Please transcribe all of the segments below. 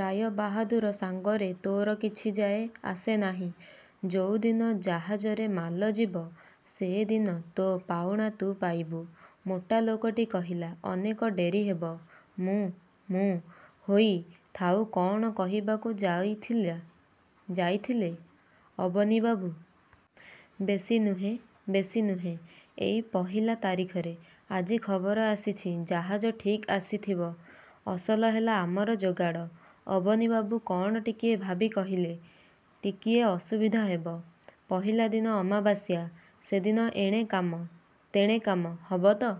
ରାୟବାହାଦୂର ସାଙ୍ଗରେ ତୋର କିଛି ଯାଏ ଆସେ ନାହିଁ। ଯୋଉ ଦିନ ଜାହାଜରେ ମାଲ ଯିବ, ସେ ଦିନ ତୋ ପାଉଣା ତୁ ପାଇବୁ। '' ମୋଟା ଲୋକଟି କହିଲା। ''ସେ ଅନେକ ଡେରି ହେବ ''। ମୁଁ-ମୁଁ ହୋଇ ଥାଉ କ'ଣ କହିବାକୁ ଯାଇଥିଲେ ଅବନୀବାବୁ। ''ବେଶୀ ନୁହେଁ, ବେଶୀ ନୁହେଁ; ଏଇ ପହିଲା ତାରିଖରେ। ଆଜି ଖବର ଆସିଛି। ଜାହାଜ ଠିକ୍ ଆସିଥିବ। ଅସଲ ହେଲା ଆମର ଯୋଗାଡ଼। '' ଅବନୀବାବୁ କ'ଣ ଟିକିଏ ଭାବି କହିଲେ-''ଟିକିଏ ଅସୁବିଧା ହେବ। ପହିଲା ଦିନ ଅମାବାସ୍ୟା। ସେ ଦିନ ଏଣେ କାମ, ତେଣେ କାମ; ହବ ତ?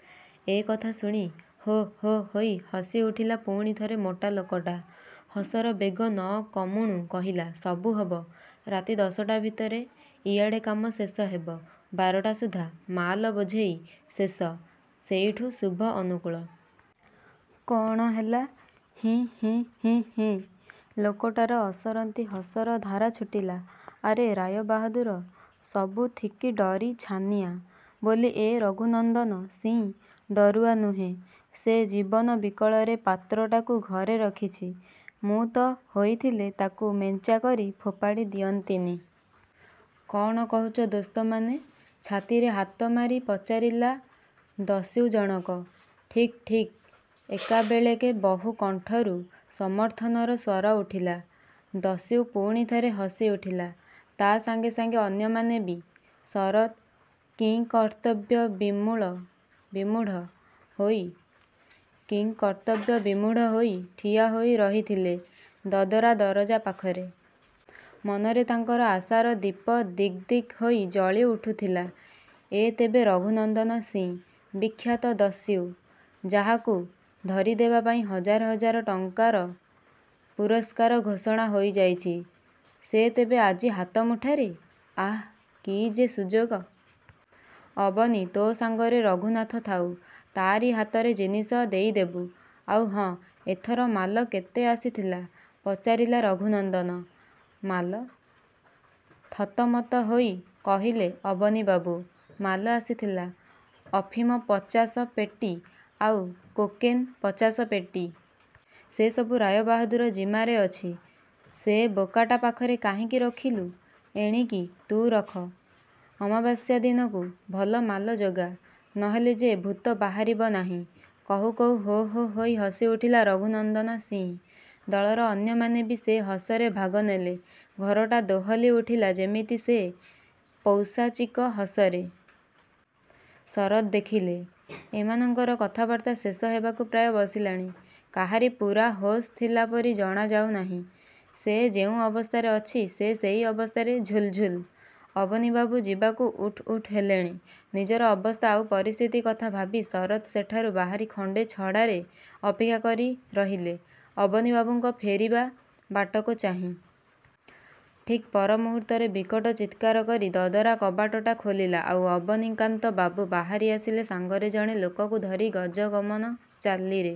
'' ଏ କଥା ଶୁଣି ହୋ' ହୋ' ହୋଇ ହସି ଉଠିଲା ପୁଣିଥରେ ମୋଟା ଲୋକଟା। ହସର ବେଗ ନ କମୁଣୁ କହିଲା-''ସବୁ ହବ। ରାତି ଦଶଟା ଭିତରେ ଇଆଡ଼େ କାମ ଶେଷ ହେବ; ବାରଟା ସୁଦ୍ଧା ମାଲ ବୋଝେଇ ଶେଷ। ସେଇଠୁ ଶୁଭ ଅନୁକୂଳ। କ'ଣ, ହେଲା? '' ହିଃ ହିଃ ହିଃ ହିଃ। ଲୋକଟାର ଅସରନ୍ତି ହସର ଧାରା ଛୁଟିଲା। ''ଆରେ ରାୟ ବାହାଦୂର ସବୁଥିକି ଡରି ଛାନିଆଁ ବୋଲି ଏ ରଘୁନନ୍ଦନ ସିଂ ଡରୁଆ ନୁହେଁ। ସେ ଜୀବନ ବିକଳରେ ପାତ୍ରଟାକୁ ଘରେ ରଖିଛି, ମୁଁ ତ ହୋଇଥିଲେ ତାକୁ ମେଞ୍ଚାକରି ଫୋପାଡ଼ି ଦିଅନ୍ତିନି। କ'ଣ କହୁଛ ଦୋସ୍ତମାନେ? '' ଛାତିରେ ହାତମାରି ପଚାରିଲା ଦସ୍ୟୁ ଜଣକ। ''ଠିକ୍, ଠିକ୍! '' ଏକାବେଳେକେ ବହୁ କଣ୍ଠରୁ ସମର୍ଥନର ସ୍ୱର ଉଠିଲା। ଦସ୍ୟୁ ପୁଣିଥରେ ହସି ଉଠିଲା। ତା' ସାଙ୍ଗେ ସାଙ୍ଗେ ଅନ୍ୟମାନେ ବି। ଶରତ୍ କିଂକର୍ତ୍ତବ୍ୟବିମୂଢ଼ ହୋଇ ଠିଆ ହୋଇ ରହିଥିଲେ ଦଦରା ଦରଜା ପାଖରେ। ମନରେ ତାଙ୍କର ଆଶାର ଦୀପ ଦିକ୍ ଦିକ୍ ହୋଇ ଜଳି ଉଠୁଥିଲା। ''ଏ ତେବେ ରଘୁନନ୍ଦନ ସିଂ! ବିଖ୍ୟାତ ଦସ୍ୟୁ? ଯାହାକୁ ଧରିଦେବା ପାଇଁ ହଜାର୍ ହଜାର୍ ଟଙ୍କାର ପୁରସ୍କାର ଘୋଷଣା ହୋଇଯାଇଛି; ସେ ତେବେ ଆଜି ହାତ ମୁଠାରେ? ଆଃ! କି ଯେ ସୁଯୋଗ। '' ''ଅବନୀ! ତୋ ସାଙ୍ଗରେ ରଘୁନାଥ ଥାଉ। ତା'ରି ହାତରେ ଜିନିଷ ଦେଇଦେବୁ। ଆଉ ହଁ; ଏଥର ମାଲ କେତେ ଆସିଥିଲା? '' ପଚାରିଲା ରଘୁନନ୍ଦନ। ''ମାଲ୍? '' ଥତମତ ହୋଇ କହିଲେ ଅବନୀବାବୁ।। ମାଲ ଆସିଥିଲା-ଅଫିମ ପଚାଶ ପେଟି ଆଉ କୋକେନ୍ ପଚାଶ ପେଟି। ସେ ସବୁ ରାୟବାହାଦୂର ଜିମାରେ ଅଛି। '' ''ସେ ବୋକାଟା ପାଖରେ କାହିଁକି ରଖିଲୁ? ଏଣିକି ତୁ ରଖ। ଅମାବାସ୍ୟାଦିନକୁ ଭଲ ମାଲ ଯୋଗା; ନହେଲେ ଯେ ଭୂତ ବାହାରିବ ନାହିଁ। '' କହୁ କହୁ ହୋ-ହୋ ହୋଇ ହସି ଉଠିଲା ରଘୁନନ୍ଦନ ସିଂ। ଦଳର ଅନ୍ୟମାନେ ବି ସେ ହସରେ ଭାଗ ନେଲେ, ଘରଟା ଦୋହଲି ଉଠିଲା ଯେମିତି ସେ ପୈଶାଚିକ ହସରେ। ଶରତ୍ ଦେଖିଲେ, ଏମାନଙ୍କର କଥାବାର୍ତ୍ତା ଶେଷ ହେବାକୁ ପ୍ରାୟ ବସିଲାଣି। କାହାରି ପୂରା ହୋସ୍ ଥିଲା ପରି ଜଣାଯାଉ ନାହିଁ। ସେ ଯେଉଁ ଅବସ୍ଥାରେ ଅଛି, ସେ ସେଇ ଅବସ୍ଥାରେ ଝୁଲ୍ ଝୁଲ୍। ଅବନୀବାବୁ ଯିବାକୁ ଉଠ୍ ଉଠ୍ ହେଲେଣି। ନିଜର ଅବସ୍ଥା ଆଉ ପରିସ୍ଥିତି କଥା ଭାବି ଶରତ୍ ସେଠାରୁ ବାହାରି ଖଣ୍ଡେ ଛଡ଼ାରେ ଅପେକ୍ଷା କରି ରହିଲେ, ଅବନୀବାବୁଙ୍କ ଫେରିବା ବାଟକୁ ଚାହିଁ। ଠିକ୍ ପର ମୁହୂର୍ତ୍ତରେ ବିକଟ ଚିତ୍କାର କରି ଦଦରା କବାଟଟା ଖୋଲିଲା, ଆଉ ଅବନୀକାନ୍ତ ବାବୁ ବାହାରି ଆସିଲେ ସାଙ୍ଗରେ ଜଣେ ଲୋକକୁ ଧରି ଗଜଗମନ ଚାଲିରେ।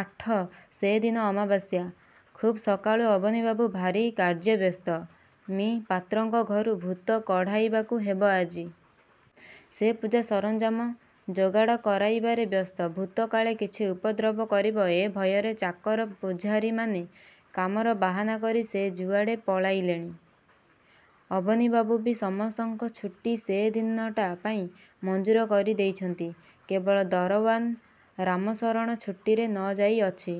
-ଆଠ- ସେ ଦିନ ଅମାବାସ୍ୟା। ଖୁବ୍ ସକାଳୁ ଅବନୀବାବୁ ଭାରି କାର୍ଯ୍ୟବ୍ୟସ୍ତ। ମି: ପାତ୍ରଙ୍କ ଘରୁ ଭୂତ କଢ଼ାଇବାକୁ ହେବ ଆଜି। ସେ ପୂଜା ସରଞ୍ଜାମ ଯୋଗାଡ଼ କରାଇବାରେ ବ୍ୟସ୍ତ। ଭୂତ କାଳେ କିଛି ଉପଦ୍ରବ କରିବ-ଏ ଭୟରେ ଚାକର, ପୁଝାରୀମାନେ କାମର ବାହାନା କରି ଯେ ଯୁଆଡ଼େ ପଳାଇଲେଣି। ଅବନୀବାବୁ ବି ସମସ୍ତଙ୍କ ଛୁଟି ସେ ଦିନଟା ପାଇଁ ମଞ୍ଜୁର କରି ଦେଇଛନ୍ତି। କେବଳ ଦରଓ୍ୱାନ୍ ରାମଶରଣ ଛୁଟିରେ ନ ଯାଇ ଅଛି।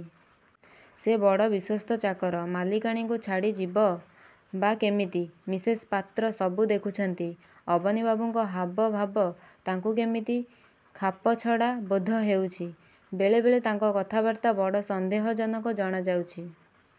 ସେ ବଡ଼ ବିଶ୍ୱସ୍ତ ଚାକର। ମାଲିକାଣୀଙ୍କୁ ଛାଡ଼ି ଯିବ ବା କେମିତି? ମିସେସ୍ ପାତ୍ର ସବୁ ଦେଖୁଛନ୍ତି। ଅବନୀବାବୁଙ୍କ ହାବ ଭାବ ତାଙ୍କୁ କେମିତି ଖାପଛଡ଼ା ବୋଧ ହେଉଛି। ବେଳେ ବେଳେ ତାଙ୍କ କଥାବାର୍ତ୍ତା ବଡ଼ ସନ୍ଦେହଜନକ ଜଣା ଯାଉଛି।